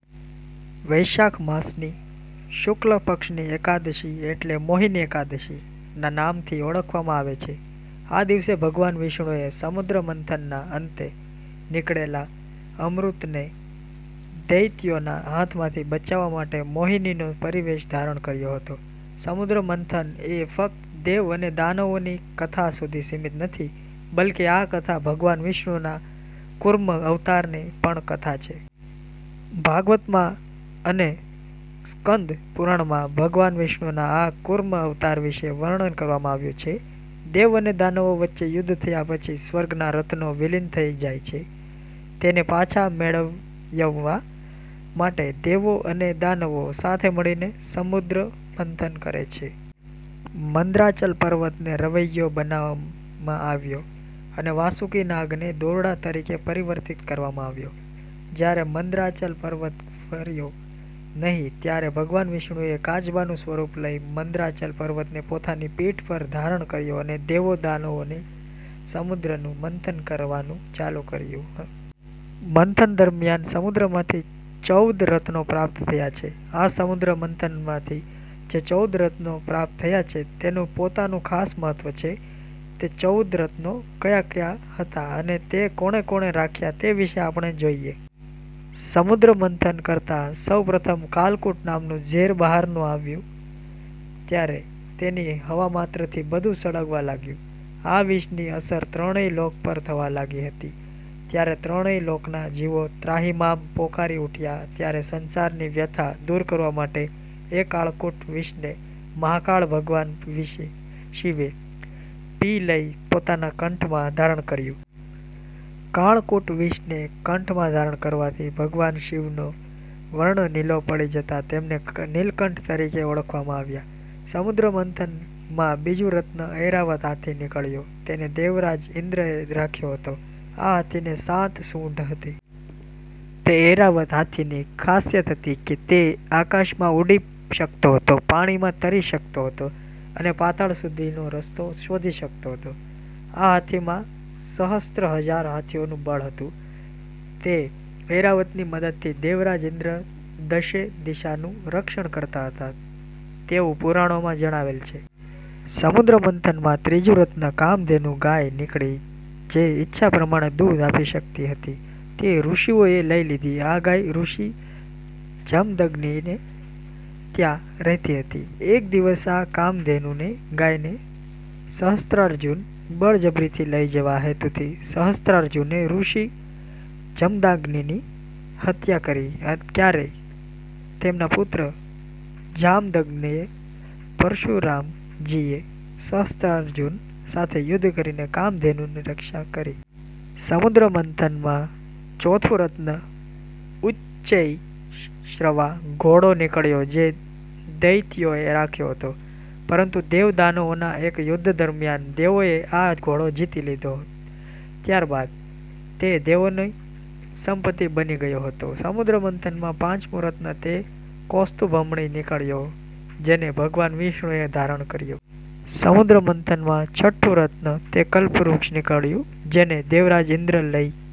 વૈશાખ માસની શુક્લ પક્ષની એકાદશી એટલે 'મોહિની એકાદશી'ના નામથી ઓળખવામાં આવે છે. આ દિવસે ભગવાન વિષ્ણુએ સમુદ્ર મંથનના અંતે નીકળેલા અમૃતને દૈત્યોના હાથમાંથી બચાવવા માટે મોહિનીનો પરિવેશ ધારણ કર્યો હતો. સમુદ્ર મંથન એ ફક્ત દેવ અને દાનવોની કથા સુધી સીમિત નથી બલ્કે આ કથા ભગવાન વિષ્ણુનાં કૂર્મ અવતારની પણ કથા છે. ભાગવતમાં અને સ્કંદ પુરાણમાં ભગવાન વિષ્ણુનાં આ કૂર્મ અવતાર વિષે વર્ણન કરવામાં આવ્યું છે. દેવ અને દાનવો વચ્ચે યુદ્ધ થયા પછી સ્વર્ગના રત્નો વિલીન થઈ જાય છે. તેને પાછા મેળવયવવા માટે દેવો અને દાનવો સાથે મળીને સમુદ્રમંથન કરે છે. મંદરાચલ પર્વતને રવૈયો બનાવવામાં આવ્યો અને વાસુકી નાગને દોરડાં તરીકે પરિવર્તિત કરવામાં આવ્યો. જ્યારે મંદરાચલ પર્વત ફર્યો નહીં ત્યારે ભગવાન વિષ્ણુએ કાચબાનું સ્વરૂપ લઈ મંદરાચલ પર્વતને પોતાની પીઠ પર ધારણ કર્યો અને દેવો-દાનવોને સમુદ્રનું મંથન કરવાનું ચાલું કર્યું. મંથન દરમ્યાન સમુદ્રમાંથી ચૌદ રત્નો પ્રાપ્ત થયાં છે. આ સમુદ્ર મંથનમાંથી જે ચૌદ રત્નો પ્રાપ્ત થયાં છે તેનું પોતાનું ખાસ મહત્વ છે તે ચૌદ રત્નો ક્યા ક્યા હતા અને તે કોણે કોણે રાખ્યા તે વિષે આપણે જોઈએ. સમુદ્રમંથન કરતા સૌ પ્રથમ કાલકૂટ નામનું ઝેર બહારનું આવ્યું ત્યારે તેની હવામાત્રથી બધું સળગવા લાગ્યું. આ વિષની અસર ત્રણેય લોક પર થવા લાગી હતી ત્યારે ત્રણેય લોકનાં જીવો ત્રાહિમામ પોકારી ઉઠ્યા ત્યારે સંસારની વ્યથા દૂર કરવા માટે એ કાળકૂટ વિષને મહાકાળ ભગવાન વિશે શિવે પી લઇ પોતાના કંઠમાં ધારણ કર્યું. કાળકૂટ વિષને કંઠમાં ધારણ કરવાથી ભગવાન શિવનો વર્ણ નીલો પડી જતાં તેમને ક નીલકંઠ તરીકે ઓળખવામાં આવ્યાં. સમુદ્ર મંથન માં બીજું રત્ન ઐરાવત હાથી નીકળ્યો તેને દેવરાજ ઈન્દ્રએ રાખ્યો હતો. આ હાથીને સાત સૂંઢ હતી. તે ઐરાવત હાથીની ખાસિયત હતી કે તે આકાશમાં ઉડી શકતો હતો, પાણીમાં તરી શકતો હતો અને પાતાળ સુધીનો રસ્તો શોધી શકતો હતો આ હાથીમાં સહસ્ત્રહજાર હાથીઓનું બળ હતું. તે ઐરાવતની મદદથી દેવરાજ ઈન્દ્ર દશે દિશાનું રક્ષણ કરતા હતાં તેવું પુરાણોમાં જણાવેલ છે. સમુદ્ર મંથન માં ત્રીજું રત્ન કામધેનુ ગાય નીકળી જે ઈચ્છા પ્રમાણે દૂધ, આપી શકતી હતી તે ઋષીઓએ લઈ લીધી આ ગાય ઋષિ જમદગ્નિને ત્યાં રહેતી હતી એક દિવસ આ કામધેનુને ગાયને સહસ્ત્રાર્જુન બળજબરીથી લઈ જવા હેતુથી સહસ્ત્રાર્જુને ઋષિ જમદાગ્નિની હત્યા કરી ત્યારે તેમના પુત્ર જામદગ્નૈ પરશુરામજીએ સહસ્ત્રાર્જુન સાથે યુદ્ધ કરીને કામધેનુની રક્ષા કરી. સમુદ્ર મંથન માં ચોથું રત્ન ઉચ્ચૈઃશ્રવા ઘોડો નિકળ્યો જે દૈત્યોએ રાખ્યો હતો. પરંતુ દેવ-દાનવોના એક યુધ્ધ દરમ્યાન દેવોએ આ ઘોડો જીતી લીધો ત્યારબાદ તે દેવોની સંપતિ બની ગયો હતો. સમુદ્ર મંથનમાં પાંચમું રત્ન તે કૌસ્તુભમણિ નીકળ્યો જેને ભગવાન વિષ્ણુએ ધારણ કર્યો. સમુદ્ર મંથન માં છઠ્ઠું રત્ન તે કલ્પવૃક્ષ નીકળ્યું જેને દેવરાજ ઇન્દ્ર લઈ